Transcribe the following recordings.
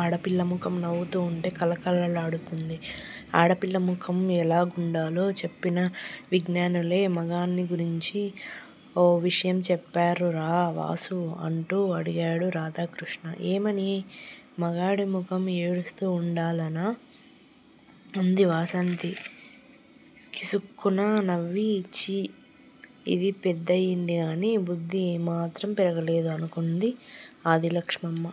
ఆడపిల్ల ముఖం నవ్వుతూ వుంటే కళకళలాడుతుంటుంది. ఆడపిల్ల ముఖం ఎలాగుండాలో చెప్పిన విజ్ఞనులే మగాణ్ని గురించి ఓ విషయం చెప్పారురా వాసూ! అంటూ ఆగాడు రాధాకృష్ణ. ఏమని? మగాడి ముఖం ఏడుస్తూ వుండాలనా? అంది వాసంతి కిసుక్కున నవ్వి. ఛీ ఇది పెద్దదయిందిగాని బుద్ధి ఏమాత్రం పెరగలేదు అనుకుంది ఆదిలక్షమ్మ.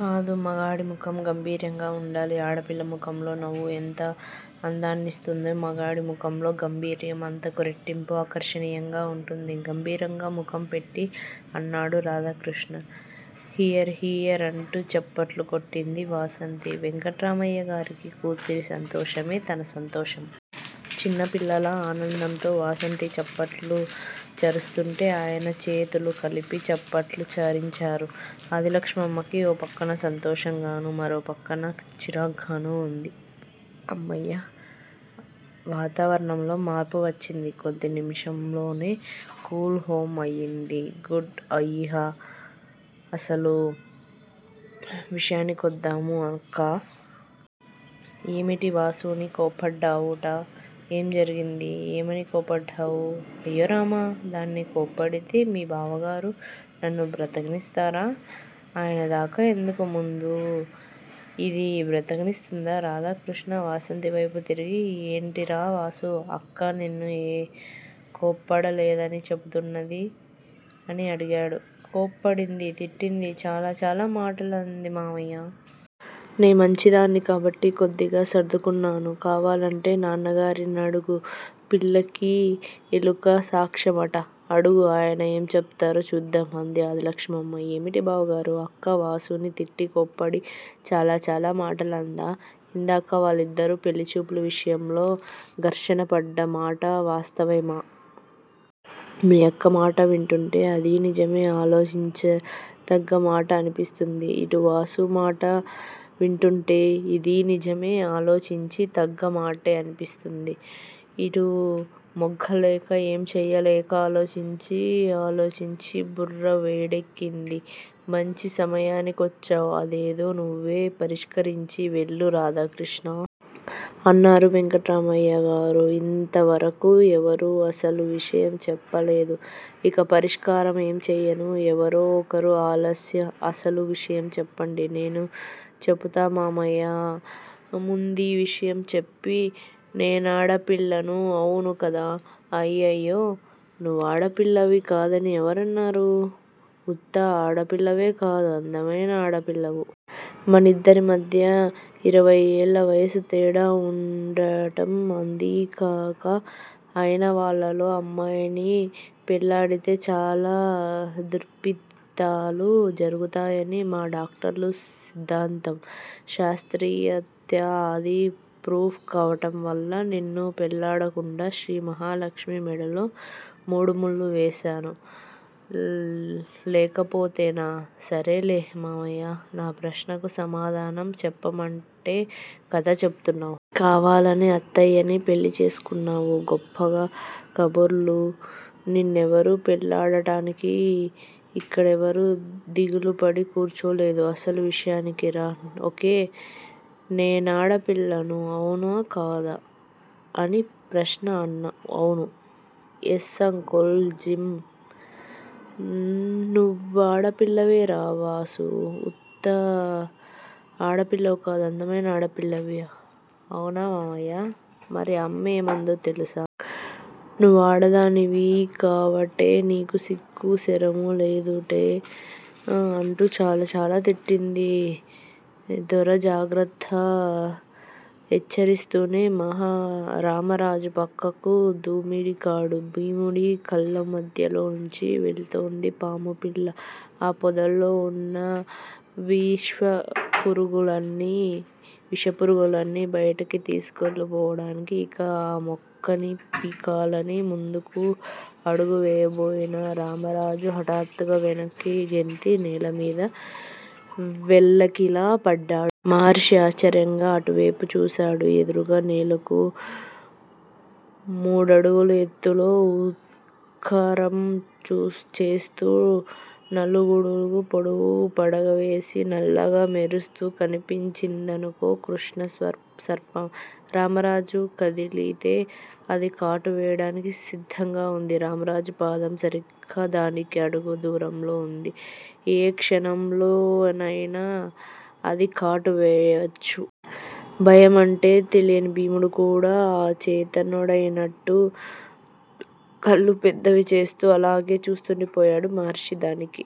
కాదు. మగాడి ముఖం గాంభీర్యంగా వుండాలి. ఆడపిల్ల ముఖంలో నవ్వు ఎంత అందాన్నిస్తుందో మగాడి ముఖంలో గాంభీర్యం అంతకు రెట్టింపు ఆకర్షణీయంగా వుంటుంది. గంభీరంగా ముఖం పెట్టి అన్నాడు రాధాకృష్ణ. హియర్ హియర్ అంటూ చప్పట్లు కొట్టింది వాసంతి. వెంకట్రామయ్యగారికి కూతురి సంతోషమే తన సంతోషం. చిన్న పిల్లలా ఆనందంతో వాసంతి చప్పట్లు చరుస్తుంటే ఆయనా చేతులు కలిసి చప్పట్లు చరిoచారు. ఆదిలక్షమ్మకి ఓ పక్క సంతోషంగాను మరో పక్క చిరాగ్గాను వుంది. అమ్మయ్య! వాతావరణంలో మార్పు వచ్చింది కొద్ది నిమిషములలోనే కూల్ హోమ్ అయింది. గుడ్. ఇహ అసలు విషయానికొద్దాము. అక్కా! ఏమిటి వాసూని కోప్పడ్డావుట? ఏం జరిగింది? ఏమని కోప్పడ్డావు? అయ్యోరామ! దాన్ని కోప్పడితే మీ బావగారు నన్ను బ్రతకనిస్తారా? ఆయనదాకా ఎందుకు ముందు యిది బ్రతకనిస్తుందా? రాధాకృష్ణ వాసంతివైపు తిరిగి. ఏంటిరా వాసూ! అక్క నిన్ను కోప్పడలేదని చెపుతున్నది? అని అడిగాడు. కోప్పడింది తిట్టింది. చాలాచాలా మాటలంది మామయ్యా! నే మంచిదాన్ని కాబట్టి కొద్దిగా సర్దుకున్నాను. కావాలంటే నాన్నగారినడుగు. పిల్లకి ఎలుక సాక్ష్యంట. అడుగు ఆయన ఏం చెపుతారో చూద్దాం అంది ఆదిలక్షమ్మ. ఏమిటి బావగారూ! అక్క వాసూని తిట్టి కోప్పడి చాలా చాలా మాటలందా! ఇందాక వాళ్ళిద్దరూ పెళ్ళిచూపుల విషయంలో ఘర్షణ పడ్డ మాట వాస్తవమే. మీ అక్క మాట వింటుంటే అదీ నిజమే ఆలోచించతగ్గ మాట అనిపిస్తుంది. ఇటు వాసు మాట వింటుంటే ఇదీ నిజమే ఆలోచించి తగ్గ మాటే అనిపిస్తున్నది. ఇటూ మొగ్గలేక ఏం చెయ్యలేక ఆలోచించి ఆలోచించి బుర్ర వేడెక్కింది. మంచి సమయానికొచ్చావ్ అదేదో నువ్వే పరిష్కరించి వెళ్ళు రాధాకృష్ణా! అన్నారు వెంకట్రామయ్యగారు. ఇంతవరకూ ఎవరూ అసలు విషయం చెప్పలేదు. ఇంక పరిష్కారం ఏం చెయ్యను ఎవరో ఒకరు అసలు విషయం చెప్పండి. నేనే చెపుతా మామయ్యా! ముందీ విషయం చెప్పి నేనాడపిల్లను అవునా కాదా? అయ్యయ్యో! నువ్వాడపిల్లవి కాదని ఎవరన్నారు? ఉత్త ఆడపిల్లవేకాదు అందమైన ఆడపిల్లవు. మనిద్దరిమధ్య యిరవై ఏళ్ళ వయసు తేడా వుండటం అదీగాక అయినవాళ్ళలో అమ్మాయిని పెళ్లాడితే చాలా దుప్తిలితాలు జరుగుతాయని మా డాక్టర్ల సిద్ధాంతం. శాస్త్రరీత్యా అది ప్రూవ్ కావటం వల్ల నిన్ను పెళ్ళాడకుండా శ్రీమహాలక్ష్మి మెడలో మూడుముళ్ళు వేశాను. లేకపోతేనా? సరేలే మామయ్య! నా ప్రశ్నకు సమాధానం చెప్పమంటే కథ చెపుతున్నావు. కావాలని అత్తయ్యని పెళ్ళిచేసుకున్నావు. గొప్పగ కబుర్లు. నిన్నెవరూ పెళ్ళాడటానికి ఇక్కడెవరు దిగులుపడి కూర్చోలేదు. అసలు విషయానికిరా. ఓకే. నేనాడపిల్లను అవునా కాదా? అని నీ ప్రశ్న అవునా! Yes uncle Jim. నువ్వాడపిల్లవేరా వాసూ! ఉత్త ఆడపిల్లకాదు అందమైన ఆడపిల్లవి. అవునా మామయ్య! మరి అమ్మేమందో తెలుసా! నువ్వాడదానివి కావటే నీకు సిగ్గు సెరము లేదుటే! అంటూ చాలాచాలా తిట్టింది. దొరా జాగ్రత్త హెచ్చరిస్తూనే రామరాజు ప్రక్కకు దుమికాడు. భీముడి కళ్ళమధ్యలోనుంచి వెళ్ళిందో పాముపిల్ల. ఆ పొదలోవున్న విషపురుగులన్నీ బయటికి వెళ్ళిపోయాయి. ఇక ఆ మొక్కని పీకాలని ముందుకు అడుగువేయబోయిన రామరాజు హఠాత్తుగా వెనక్కి గెంతి నేలమీద వెల్లకిలా పడ్డాడు. మహర్షి ఆశ్చర్యంగా అటువేపు చూసాడు. ఎదురుగా నేలకు మూడడుగుల ఎత్తులో ఊత్కారం చేస్తూ నాలుగడుగుల పొడవు పడగవేసి నల్లగా మెరుస్తూ కనిపించిందతనకో కృష్ణసర్పం. రామరాజు కదిలితే అది కాటు వేయడానికి సిద్ధంగా వుంది. రామరాజు పాదం సరిగ్గా దానికి అడుగు దూరంలో వుంది. ఏ క్షణంలోనయినా అది కాటు వేయవచ్చు. భయమంటే తెలీని భీముడు కూడా అచేతనుడైనట్టు కళ్ళు పెద్దవి చేస్తూ అలాగే చూస్తుండిపోయాడు. మహర్షి దానికి